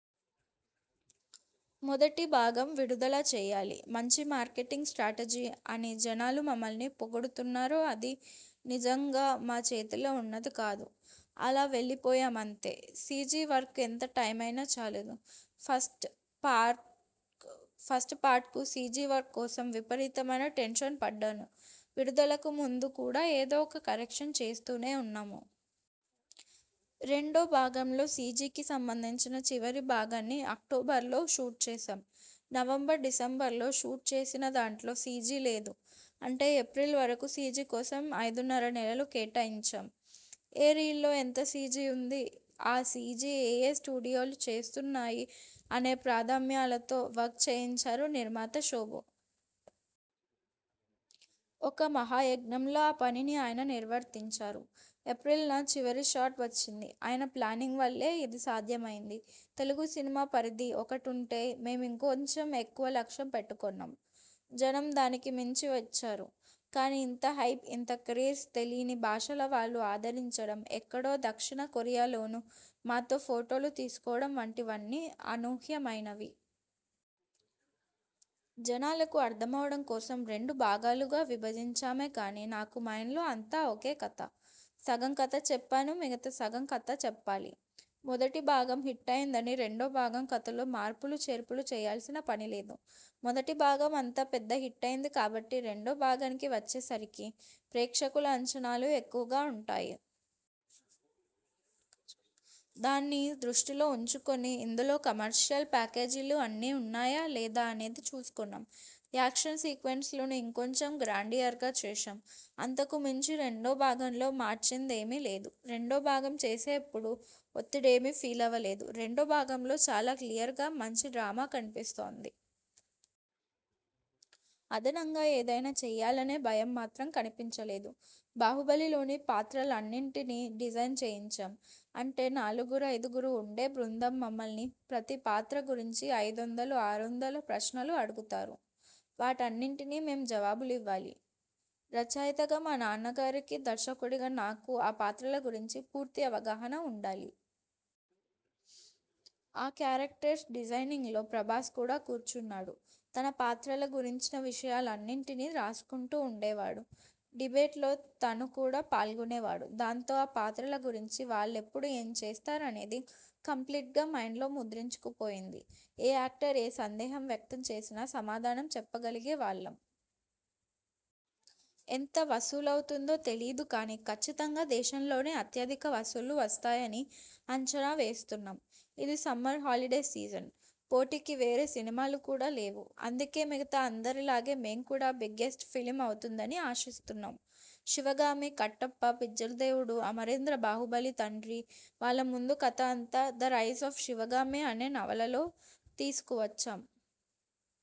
మొదటి భాగం విడుదల చేయాలి. మంచి మార్కెటింగ్ స్ట్రాటజీ అని జనాలు మమ్మల్ని పొగుడుతున్నారో అది నిజంగా మా చేతిలో ఉన్నది కాదు. అలా వెళ్లిపోయామంతే. సీజీ వర్క్కు ఎంత టైమైనా చాలదు. ఫస్ట్ పార్ట్కు సీజీ వర్క్ కోసం విపరీతమైన టెన్షన్ పడ్డాను. విడుదలకు ముందు కూడా ఏదో ఒక కరెక్షన్ చేస్తూనే ఉన్నాం. రెండో భాగంలో సీజీకి సంబంధించిన చివరి భాగాన్ని అక్టోబర్లో షూట్ చేశాం. నవంబర్, డిసెంబర్లో షూట్ చేసినదాంట్లో సీజీ లేదు. అంటే ఏప్రిల్ వరకు సీజీ కోసం ఐదున్నర నెలలు కేటాయించాం. ఏ రీల్లో ఎంత సీజీ ఉంది, ఆ సీజీ ఏయే స్టూడియోలు చేస్తున్నాయి అనే ప్రాధమ్యాలతో వర్క్ చేయించారు నిర్మాత శోభు. ఒక మహాయజ్ఞంలా ఆ పనిని ఆయన నిర్వర్తించారు. ఏప్రిల్ న చివరి షాట్ వచ్చింది. ఆయన ప్లానింగ్ వల్లే ఇది సాధ్యమైంది. తెలుగు సినిమా పరిధి ఒకటుంటే, మేం ఇంకొంచెం ఎక్కువ లక్ష్యం పెట్టుకొన్నాం. జనం దానికి మించి ఇచ్చారు. కానీ ఇంత హైప్, ఇంత క్రేజ్, తెలీని భాషల వాళ్లూ ఆదరించడం, ఎక్కడో దక్షిణ కొరియాలోనూ మాతో ఫొటోలు తీసుకోవడం వంటివన్నీ అనూహ్యమైనవి. జనాలకు అర్థమవడం కోసం రెండు భాగాలుగా విభజించామే కానీ, నాకు మైండ్లో అంతా ఒకే కథ. సగం కథ చెప్పాను మిగతా సగం కథ చెప్పాలి. మొదటి భాగం హిట్టయ్యిందని రెండో భాగం కథలో మార్పులు చేర్పులూ చేయాల్సిన పనిలేదు. మొదటి భాగం అంత పెద్ద హిట్టయ్యింది కాబట్టి రెండో భాగానికి వచ్చేసరికి ప్రేక్షకుల అంచనాలు ఎక్కువగా ఉంటాయి. దాన్ని దృష్టిలో ఉంచుకొని ఇందులో కమర్షియల్ ప్యాకేజీలు అన్నీ ఉన్నాయా, లేదా అనేది చూసుకున్నాం. యాక్షన్ సీక్వెన్స్లను ఇంకొంచెం గ్రాండియర్గా చేశాం. అంతకు మించి రెండో భాగంలో మార్చిందేమీ లేదు. రెండో భాగం చేసేప్పుడు ఒత్తిడేమీ ఫీలవలేదు. రెండో భాగంలో చాలా క్లియర్గా మంచి డ్రామా కనిపిస్తోంది. అదనంగా ఏదైనా చెయ్యాలనే భయం మాత్రం కనిపించలేదు. 'బాహుబలి'లోని పాత్రలనన్నింటినీ డిజైన్ చేయించాం. అంటే నలుగురైదుగురు ఉండే బృందం మమ్మల్ని ప్రతి పాత్ర గురించీ ఐదొందలు, ఆరొందల ప్రశ్నలు అడుగుతారు. వాటన్నింటికీ మేం జవాబులివ్వాలి. రచయితగా మా నాన్నగారికీ, దర్శకుడిగా నాకూ ఆ పాత్రల గురించి పూర్తి అవగాహన ఉండాలి. ఆ కేరక్టర్స్ డిజైనింగ్లో ప్రభాస్ కూడా కూర్చున్నాడు. తన పాత్రల గురించిన విషయాలన్నింటినీ రాసుకుంటూ ఉండేవాడు. డిబేట్లో తను కూడా పాల్గొనేవాడు. దాంతో ఆ పాత్రల గురించి, వాళ్లెప్పుడు ఏం చేస్తారనేది కంప్లీట్గా మైండ్లో ముద్రించుకుపోయింది. ఏ యాక్టర్ ఏ సందేహం వ్యక్తం చేసినా, సమాధానం చెప్పగలిగేవాళ్లం. ఎంత వసూలవుతుందో తెలీదు కానీ, కచ్చితంగా దేశంలోనే అత్యధిక వసూళ్లు వస్తాయని అంచనా వేస్తున్నాం. ఇది సమ్మర్ హాలిడే సీజన్. పోటీకి వేరే సినిమాలు కూడా లేవు. అందుకే మిగతా అందరిలాగే మేం కూడా బిగ్గెస్ట్ ఫిల్మ్ అవుతుందని ఆశిస్తున్నాం. శివగామి, కట్టప్ప, బిజ్జలదేవుడు, అమరేంద్ర బాహుబలి తండ్రి, వాళ్ల ముందు కథ అంతా 'ద రైజ్ ఆఫ్ శివగామి' అనే నవలలో తీసుకు వచ్చాం.